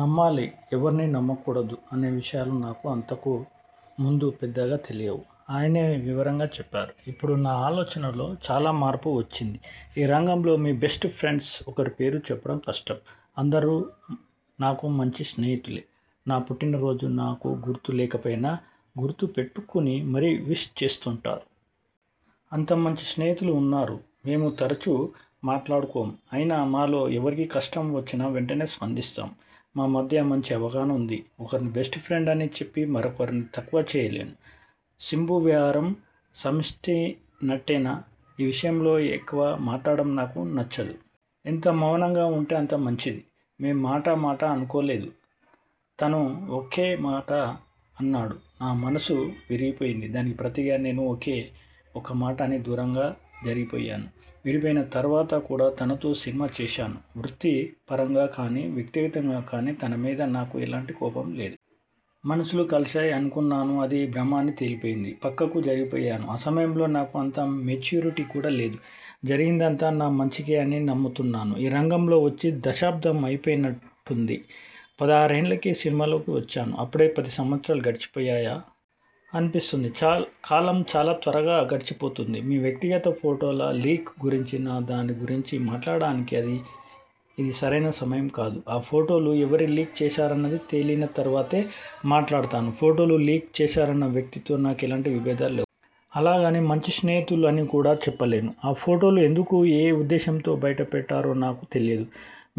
నమ్మాలి? ఎవరిని నమ్మకూడదు? అనే విషయాలు నాకు అంతకు ముందు పెద్దగా తెలియవు. ఆయనే వివరంగా చెప్పారు. ఇప్పుడు నా ఆలోచనల్లో చాలా మార్పు వచ్చింది. ఈ రంగంలో మీ బెస్ట్ ఫ్రెండ్స్ ఒక్కరి పేరు చెప్పడం కష్టం. అందరూ నాకు మంచి స్నేహితులే నా పుట్టినరోజు నాకు గుర్తు లేకపోయినా, గుర్తు పెట్టుకుని మరీ విష్ చేస్తుంటారు. అంత మంచి స్నేహితులు ఉన్నారు. మేం తరచూ మాట్లాడుకోం. అయినా మాలో ఎవరికి కష్టం వచ్చినా వెంటనే స్పందిస్తాం. మా మధ్య మంచి అవగాహన ఉంది. ఒకరిని బెస్ట్ ఫ్రెండ్ అని చెప్పి మరొకరిని తక్కువ చేయలేను. శింబు వ్యవహారం సమసినట్టేనా ఈ విషయంలో ఎక్కువ మాట్లాడడం నాకు నచ్చదు. ఎంత మౌనంగా ఉంటే అంత మంచిది. మేం మాటా మాటా అనుకోలేదు. తను ఒకే ఒక్క మాట అన్నాడు. నా మనసు విరిగిపోయింది. దానికి ప్రతిగా నేను ఒకే ఒక్క మాట అని దూరంగా జరిగిపోయాను. విడిపోయిన తరువాత కూడా తనతో సినిమా చేశాను. వృత్తి పరంగా కానీ, వ్యక్తిగతంగా కానీ తన మీద నాకు ఎలాంటి కోపం లేదు. మనసులు కలిశాయి అనుకున్నాను. అది భ్రమ అని తేలిపోయింది. పక్కకు జరిగిపోయాను. ఆ సమయంలో నాకు అంత మెచ్యూరిటీ కూడా లేదు. జరిగిందంతా నా మంచికే అని నమ్ముతున్నాను. ఈ రంగంలోకి వచ్చి దశాబ్దం అయిపోయినట్టుంది? పదహారేళ్ళకే సినిమాల్లోకి వచ్చాను. అప్పుడే పది సంవత్సరాలు గడిచిపోయాయా? అనిపిస్తోంది. కాలం చాలా త్వరగా గడిచిపోతోంది. మీ వ్యక్తిగత ఫోటోల లీక్ గురించి? దాని గురించి మాట్లాడడానికి ఇది సరైన సమయం కాదు. ఆ ఫోటోలు ఎవరు లీక్ చేశారన్నది తేలిన తరువాతే మాట్లాడతాను. ఫోటోలు లీక్ చేశారంటున్న వ్యక్తితో నాకు ఎలాంటి విబేధాలు లేవు. అలాగని మంచి స్నేహితులం అని కూడా చెప్పలేను. ఆ ఫోటోలు ఎందుకు ఏ ఉద్దేశంతో బయటపెట్టారో నాకు తెలియదు.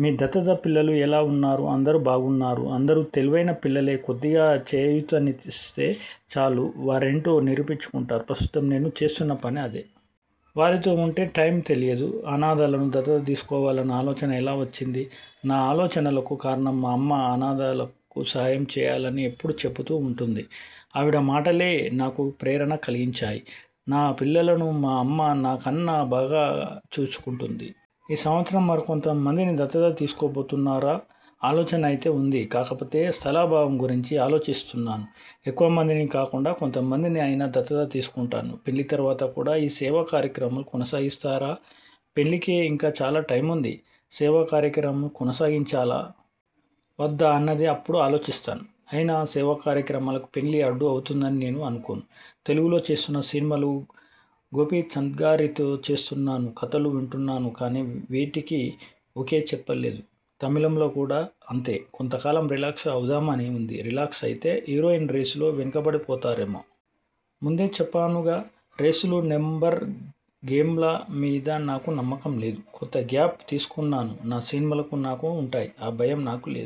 మీ దత్తత పిల్లలు ఎలా ఉన్నారు? అందరూ బాగున్నారు. అందరూ తెలివైన పిల్లలే కొద్దిగా చేయూతనిస్తే చాలు వారేంటో నిరూపించుకుంటారు. ప్రస్తుతం నేను చేస్తున్న పని అదే! వారితో ఉంటే టైమే తెలియదు. అనాధలను దత్తత తీసుకోవాలన్న ఆలోచన ఎలా వచ్చింది? నా ఆలోచనలకు కారణం మా అమ్మ. అనాధలకు సహాయం చేయాలని ఎప్పుడూ చెబుతూ ఉంటుంది. ఆవిడ మాటలే నాకు ప్రేరణ కలిగించాయి. నా పిల్లలను మా అమ్మ నాకన్నా బాగా చూసుకుంటుంది. ఈ సంవత్సరం మరికొంత మందిని దత్తత తీసుకోబోతున్నారా? ఆలోచన అయితే ఉంది. కాకపోతే స్థలాభావం గురించి ఆలోచిస్తున్నాను. ఎక్కువ మందిని కాకుండా కొంత మందిని అయినా దత్తత తీసుకుంటాను. పెళ్ళి తరువాత కూడా ఈ సేవాకార్యక్రమాలను కొనసాగిస్తారా? పెళ్ళికే ఇంకా చాలా టైముంది. సేవాకార్యక్రమాలను కొనసాగించాలా? వద్దా? అన్నది అప్పుడు ఆలోచిస్తాను. అయినా సేవాకార్యక్రమాలకు పెళ్ళి అడ్డు అవుతుందని నేను అనుకోను. తెలుగులో చేస్తున్న సినిమాలు? గోపీచంద్గారితో చేస్తున్నాను. కధలు వింటున్నాను కానీ, వేటికీ ఓకే చెప్పలేదు. తమిళంలో కూడా అంతే! కొంత కాలం రిలాక్స్ అవుదామని ఉంది. రిలాక్స్ అయితే హీరోయిన్ రేసులో వెనుకబడిపోతారేమో? ముందే చెప్పానుగా? రేసులు, నెంబర్ గేమ్ల మీద నాకు నమ్మకం లేదు. కొంత గ్యాప్ తీసుకున్నా నా సినిమాలు నాకు ఉంటాయి. ఆ భయం నాకు లేదు.